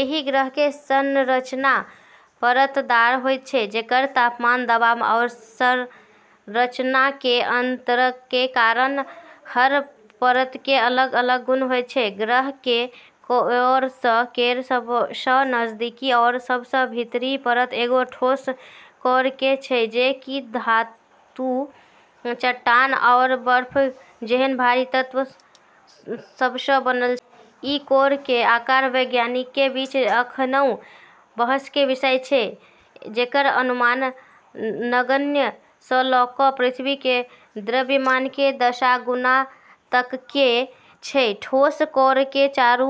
एहि ग्रहके संरचना परतदार होइत छै, जेकर तापमान, दबाव आओर संरचनाके अंतरके कारण हर परतके अलग-अलग गुण होइत छै। ग्रह केर कोर केर सबसँ नजदीकी आओर सबसँ भीतरी परत एगो ठोस कोरके छै जे कि धातु, चट्टान, आओर बर्फ जेहन भारी तत्व सबसँ बनल छै। ई कोर केर आकार वैज्ञानिकके बीच अखनऊ बहसके विषय छै, जेकर अनुमान नगण्य स' ल' क' पृथ्वी केर द्रव्यमानके दश गुना तकके छै। ठोस कोरके चारू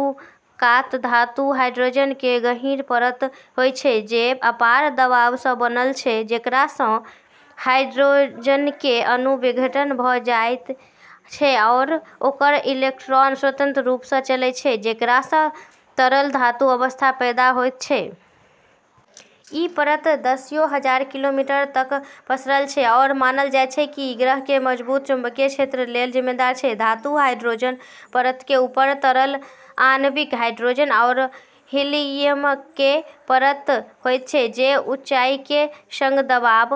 कात धातु हाइड्रोजन केर गहीँर परत होइत छै, जे अपार दबावसँ बनल छै जेकरासँ हाइड्रोजनके अणु विघटन भ' जाइत छै आओर ओकर इलेक्ट्रॉन स्वतंत्र रूपसँ चलै छै, जेकरासँ तरल धातु अवस्था पैदा होइत छै। ई परत दसियों हजार किलोमीटर तक पसरल छै आओर मानल जाइत छै कि ई ग्रह केर मजबूत चुंबकीय क्षेत्र लेल जिम्मेदार छै। धातु हाइड्रोजन परतके ऊपर तरल आणविक हाइड्रोजन आओर हीलियमके परत होइत छै, जे ऊंचाइके सङ्ग दबाव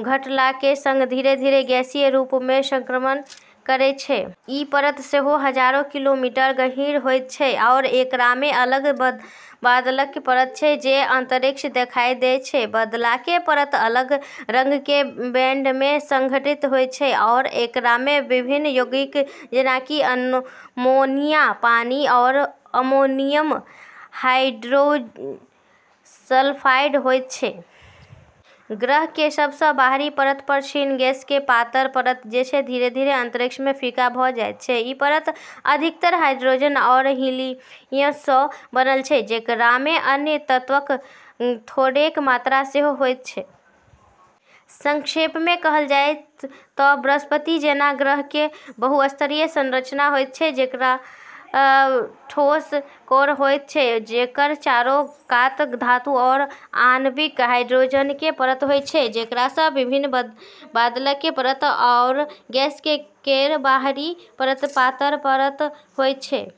घटलाके सङ्ग धीरे-धीरे गैसीय रूपमे संक्रमण करै छै। ई परत सेहो हजारों किलोमीटर गहीँर होइत छै आओर एकरामे अलग-अलग बादलके परत छै जे अंतरिक्षसँ देखाइ दैत छै। बादलके परत अलग-अलग रङ्गके बैंडमे संगठित होइत छै आओर एकरामे विभिन्न यौगिक जेना कि अमोनिया, पानी, आओर अमोनियम हाइड्रोसल्फाइड होइत छै। ग्रह केर सबसँ बाहरी परत पर क्षीण गैस केर पातर परत छै जे धीरे-धीरे अंतरिक्षमे फीका भ' जाइत छै। ई परत अधिकतर हाइड्रोजन आओर हीलियमसँ बनल छै, जेकरामे अन्य तत्वक थोड़ेक मात्रा सेहो होइत छै। संक्षेपमे कहल जाइ त' बृहस्पति जेहन ग्रहके बहुस्तरीय संरचना होइत छै जेकर ठोस कोर होइत छै, जेकर चारो कात धातु आओर आणविक हाइड्रोजनके परत होइत छै, जेकरामे विभिन्न बादलके परत आओर गैस केर बाहरी परतके पातर परत होइत छै।